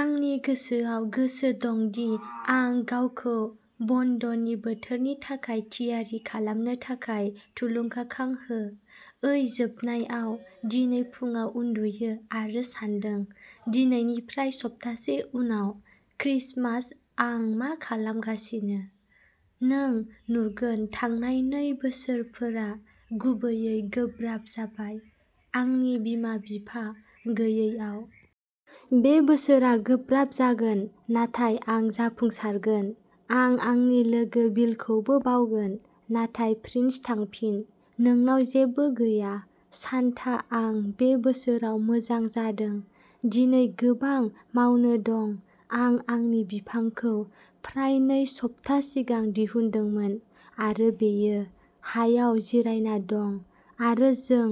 आंनि गोसोआव गोसो दं दि आं गावखौ बन्दनि बोथोरनि थाखाय थियारि खालामनो थाखाय थुलुंगाखां हो। ओइ जोबनायाव दिनै फुंआव उन्दुयो आरो सान्दों दिनैनिफ्राय सप्तासे उनाव क्रिसमास, आं मा खालामगासिनो? नों नुगोन थांनाय नै बोसोरफोरा गुबैयै गोब्राब जाबाय आंनि बिमा-बिफा गैयैआव। बे बोसोरआ गोब्राब जागोन नाथाय आं जाफुंसारगोन। आं आंनि लोगो बिलखौबो बावगोन। नाथाय ग्रिन्च थांफिन, नोंनाव जेबो गैया। सान्ता आं बे बोसोराव मोजां जादों। दिनै गोबां मावनो दं, आं आंनि बिफांखौ फ्राय नै सप्ताह सिगां दिहुनदोंमोन आरो बेयो हायाव जिरायना दं आरो जों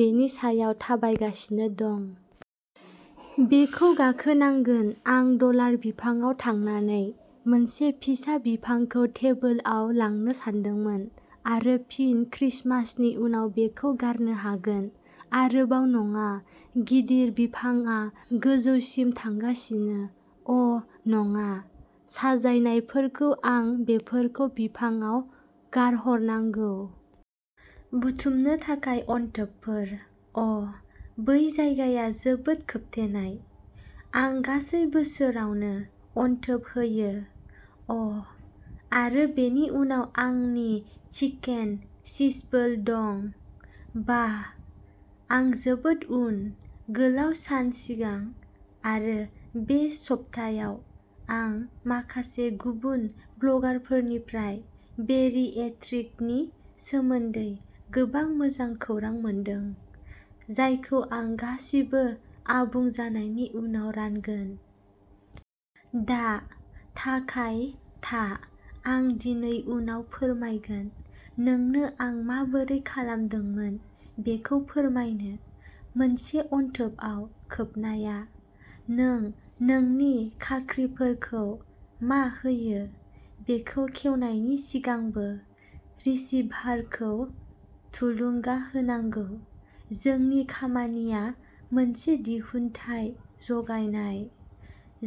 बेनि सायाव थाबायगासिनो दं। बेखौ गाखोनांगोन, आं डलार बिफांआव थांनानै मोनसे फिसा बिफांखौ टेबोलाव लांनो सानदोंमोन आरो फिन क्रिसमासनि उनाव बेखौ गारनो हागोन आरोबाव नङा। गिदिर बिफांआ गोजौसिम थांगासिनो, अ ' नङा। साजायनायफोरखौ आं बेफोरखौ बिफांआव गारहरनांगौ। बुथुमनो थाखाय अनथोबफोर, अ' बै जायगाया जोबोद खोबथेनाय। आं गासै बोसोरावनो अनथोब होयो। अ' आरो बेनि उनाव आंनि चिकेन चिजबोल दं बाह, आं जोबोद उन। गोलाव सान सिगां। आरो बे सप्तायाव आं माखासे गुबुन ब्लगारफोरनिफ्राय बेरिएट्रिक नि सोमोन्दै गोबां मोजां खौरां मोनदों, जायखौ आं गासिबो आबुं जानायनि उनाव रानगोन। दा थाखाय ताह आं दिनै उनाव फोरमायगोन नोंनो आं माबोरै खालामदोंमोन बेखौ फोरमायनो। मोनसे अनथोबआव खोबनाया। नों नोंनि खाख्रिफोरखौ मा होयो, बेखौ खेवनायनि सिगांबो रिसीभारखौ थुलुंगा होनांगौ। जोंनि खामानिया मोनसे दिहुनथाय जगायनाय,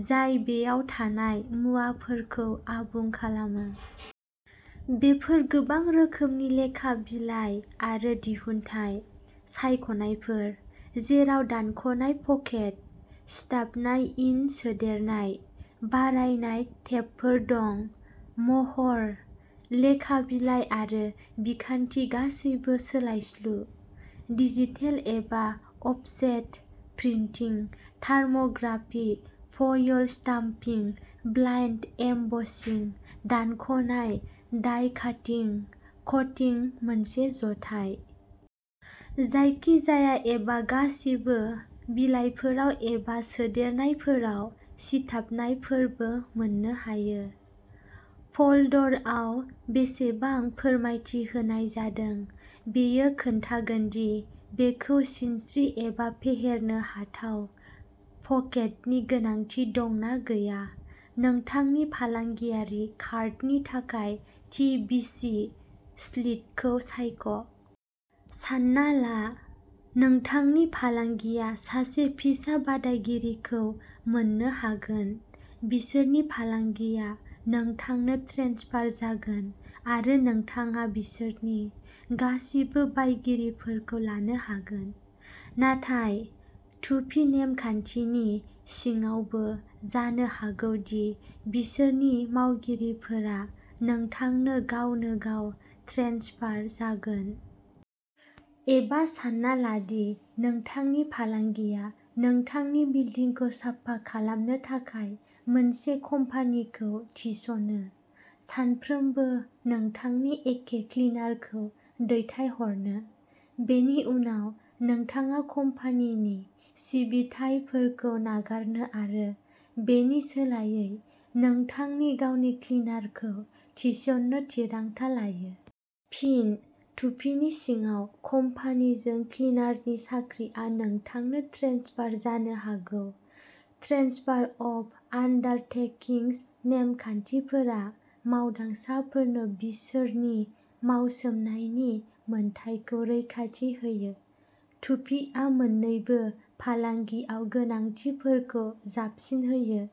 जाय बेयाव थानाय मुवाफोरखौ आबुं खालामो। बेफोर गोबां रोखोमनि लेखा बिलाइ आरो दिहुनथाय सायख'नायफोर, जेराव दानख'नाय पकेट, सिथाबनाय इन सोदेरनाय, बारायनाय टेबफोर दं महर, लेखा बिलाइ आरो बिखान्थि गासैबो सोलायस्लु। डिजिटेल एबा offset printing, thermography, foil stamping, blind embossing, दानख'नाय, डाइ काटिं, क'टिं मोनसे जथाय। जायखिजाया एबा गासिबो। बिलाइफोराव एबा सोदेरनायफोराव सिथाबनायफोरबो मोननो हायो। फोल्डरआव बेसेबां फोरमायथि होनाय जादों बेयो खोन्थागोन दि बेखौ सिनस्रि एबा फेहेरनो हाथाव पकेटनि गोनांथि दं ना गैया। नोंथांनि फालांगियारि कार्डनि थाखाय थि बिसि स्लिटखौ सायख'। सानना ला नोंथांनि फालांगिया सासे फिसा बादायगिरिखौ मोन्नो हागोन। बिसोरनि फालांगिया नोंथांनो ट्रेन्सफार जागोन, आरो नोंथाङा बिसोरनि गासिबो बायगिरिफोरखौ लानो हागोन। नाथाय टुपी नेमखान्थिनि सिङावबो जानो हागौ दि बिसोरनि मावगिरिफोरा नोंथांनो गावनो गाव ट्रेन्सफार जागोन। एबा सानना ला दि नोंथांनि फालांगिया नोंथांनि बिल्दिंखौ साफा खालामनो थाखाय मोनसे कम्पानिखौ थिसनो सानफ्रोमबो नोंथांनो एखे क्लिनारखौ दैथायहरनो। बेनि उनाव नोंथाङा कम्पानिनि सिबिथाइफोरखौ नागारनो आरो बेनि सोलायै नोंथांनि गावनि क्लिनारखौ थिसननो थिरांथा लायो। फिन, टुपीनि सिङाव, कम्पानिजों क्लिनारनि साख्रिआ नोंथांनो ट्रेन्सफार जानो हागौ। ट्रेन्सफार अफ आन्डारटेकिंग्स नेमखान्थिफोरा मावदांसाफोरनो बिसोरनि मावसोमनायनि मोन्थाइखौ रैखाथि होयो। टुपीआ मोन्नैबो फालांगियाव गोनांथिफोरखौ जाबसिन होयो।